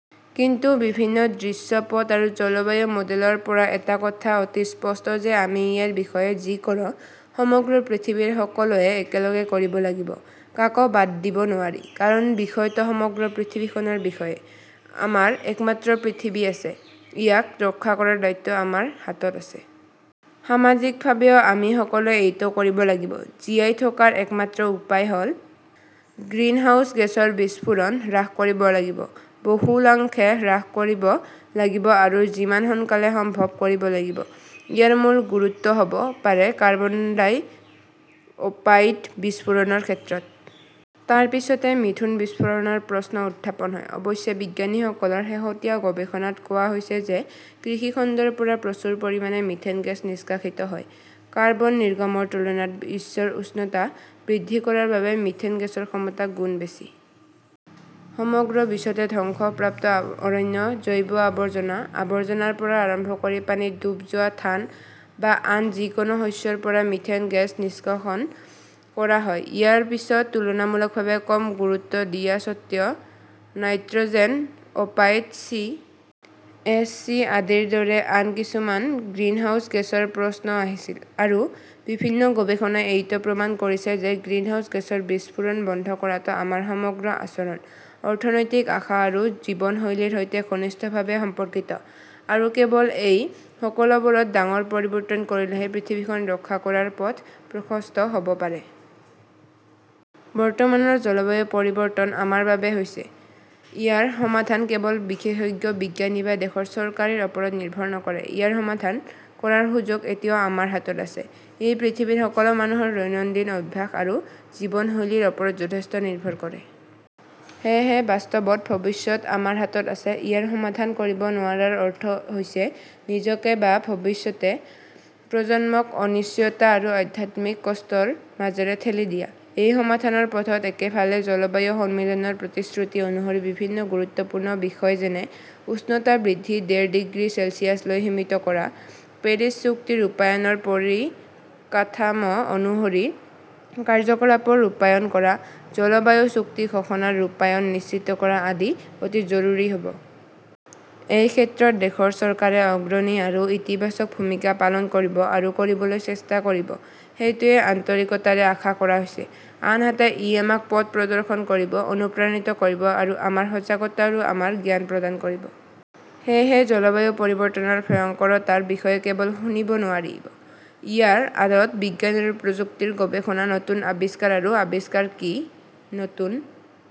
কিন্তু বিভিন্ন দৃশ্যপট আৰু জলবায়ু মডেলৰ পৰা এটা কথা অতি স্পষ্ট যে আমি ইয়াৰ বিষয়ে যি কৰো, সমগ্ৰ পৃথিৱীৰ সকলোৱে একেলগে কৰিব লাগিব, কাকো বাদ দিব নোৱাৰি। কাৰণ বিষয়টো সমগ্ৰ পৃথিৱীখনৰ বিষয়ে। আমাৰ একমাত্ৰ পৃথিৱী আছে, ইয়াক ৰক্ষা কৰাৰ দায়িত্বও আমাৰ হাতত আছে। সামাজিকভাৱেও আমি সকলোৱে এইটো কৰিব লাগিব। জীয়াই থকাৰ একমাত্ৰ উপায় হ "ল-গ্ৰিনহাউজ গেছৰ বিস্ফোৰণ হ্ৰাস কৰিব লাগিব, বহুলাংশে হ্ৰাস কৰিব লাগিব আৰু যিমান সোনকালে সম্ভৱ কৰিব লাগিব। ইয়াৰ মূল গুৰুত্ব হ "ব পাৰে কাৰ্বন ডাই-অপাইড বিস্ফোৰণৰ ক্ষেত্ৰত। তাৰ পিছতে মিথেন বিস্ফোৰণৰ প্ৰশ্ন উত্থাপন হয়। অৱশ্যে বিজ্ঞানীসকলৰ শেহতীয়া গৱেষণাত কোৱা হৈছে যে কৃষি খণ্ডৰ পৰা প্ৰচুৰ পৰিমাণে মিথেন গেছ নিষ্কাশিত হয়। কাৰ্বন নিৰ্গমনৰ তুলনাত বিশ্বৰ উষ্ণতা বৃদ্ধি কৰাৰ বাবে মিথেন গেছৰ ক্ষমতা গুণ বেছি। সমগ্ৰ বিশ্বতে ধ্বংসপ্ৰাপ্ত অৰণ্য, জৈৱ আৱৰ্জনা, আৱৰ্জনাৰ পৰা আৰম্ভ কৰি পানীত ডুব যোৱা ধান বা আন যিকোনো শস্যৰ পৰা মিথেন গেছ নিষ্কাশন কৰা হয়। ইয়াৰ পিছত তুলনামূলকভাৱে কম গুৰুত্ব দিয়া স্বত্বেও নাইট্ৰ "জেন অপাইড, চি. এফ. চি. আদিৰ দৰে আন কিছুমান গ্ৰিনহাউজ গেছৰ প্ৰশ্নও আহিছিল। আৰু বিভিন্ন গৱেষণাই এইটোও প্ৰমাণ কৰিছে যে গ্ৰিনহাউজ গেছৰ বিস্ফোৰণ বন্ধ কৰাটো আমাৰ সমগ্ৰ আচৰণ, অৰ্থনৈতিক আশা আৰু জীৱনশৈলীৰ সৈতে ঘনিষ্ঠভাৱে সম্পৰ্কিত। আৰু কেৱল এই সকলোবোৰত ডাঙৰ পৰিৱৰ্তন কৰিলেহে পৃথিৱীখন ৰক্ষা কৰাৰ পথ প্ৰশস্ত হ "ব পাৰে। বৰ্তমানৰ জলবায়ু পৰিৱৰ্তন আমাৰ বাবেই হৈছে। ইয়াৰ সমাধান কেৱল বিশেষজ্ঞ বিজ্ঞানী বা দেশৰ চৰকাৰৰ ওপৰত নিৰ্ভৰ নকৰে। ইয়াৰ সমাধান কৰাৰ সুযোগ এতিয়াও আমাৰ হাতত আছে। ই পৃথিৱীৰ সকলো মানুহৰ দৈনন্দিন অভ্যাস আৰু জীৱনশৈলীৰ ওপৰত যথেষ্ট নিৰ্ভৰ কৰে। সেয়েহে বাস্তৱত ভৱিষ্যত আমাৰ হাতত আছে। ইয়াৰ সমাধান কৰিব নোৱাৰাৰ অৰ্থ হৈছে নিজকে বা ভৱিষ্যত প্ৰজন্মক অনিশ্চয়তা আৰু অত্যাধিক কষ্টৰ মাজেৰে ঠেলি দিয়া। এই সমাধানৰ পথত একেফালে জলবায়ু সন্মিলনৰ প্ৰতিশ্ৰুতি অনুসৰি বিভিন্ন গুৰুত্বপূৰ্ণ বিষয় যেনেঃ উষ্ণতা বৃদ্ধি ডেৰ ডিগ্ৰী চেলছিয়াছলৈ সীমিত কৰা, পেৰিছ চুক্তি ৰূপায়ণৰ পৰিকাঠামো অনুসৰি কাৰ্যকলাপ ৰূপায়ণ কৰা, জলবায়ু চুক্তি ঘোষণাৰ ৰূপায়ণ নিশ্চিত কৰা আদি অতি জৰুৰী হ 'ব। এই ক্ষেত্ৰত দেশৰ চৰকাৰে অগ্ৰণী আৰু ইতিবাচক ভূমিকা পালন কৰিব আৰু কৰিবলৈ চেষ্টা কৰিব-সেইটোৱেই আন্তৰিকতাৰে আশা কৰা হৈছে। আনহাতে, ই আমাক পথ প্ৰদৰ্শন কৰিব, অনুপ্ৰাণিত কৰিব আৰু আমাৰ সজাগতা আৰু আমাৰ জ্ঞান প্ৰদান কৰিব। সেয়েহে জলবায়ু পৰিৱৰ্তনৰ ভয়ংকৰতাৰ বিষয়ে কেৱল শুনিব নোৱাৰিব। ইয়াৰ আঁৰত বিজ্ঞান আৰু প্ৰযুক্তিৰ গৱেষণা, নতুন আৱিষ্কাৰ আৰু আৱিষ্কাৰ কি, নতুন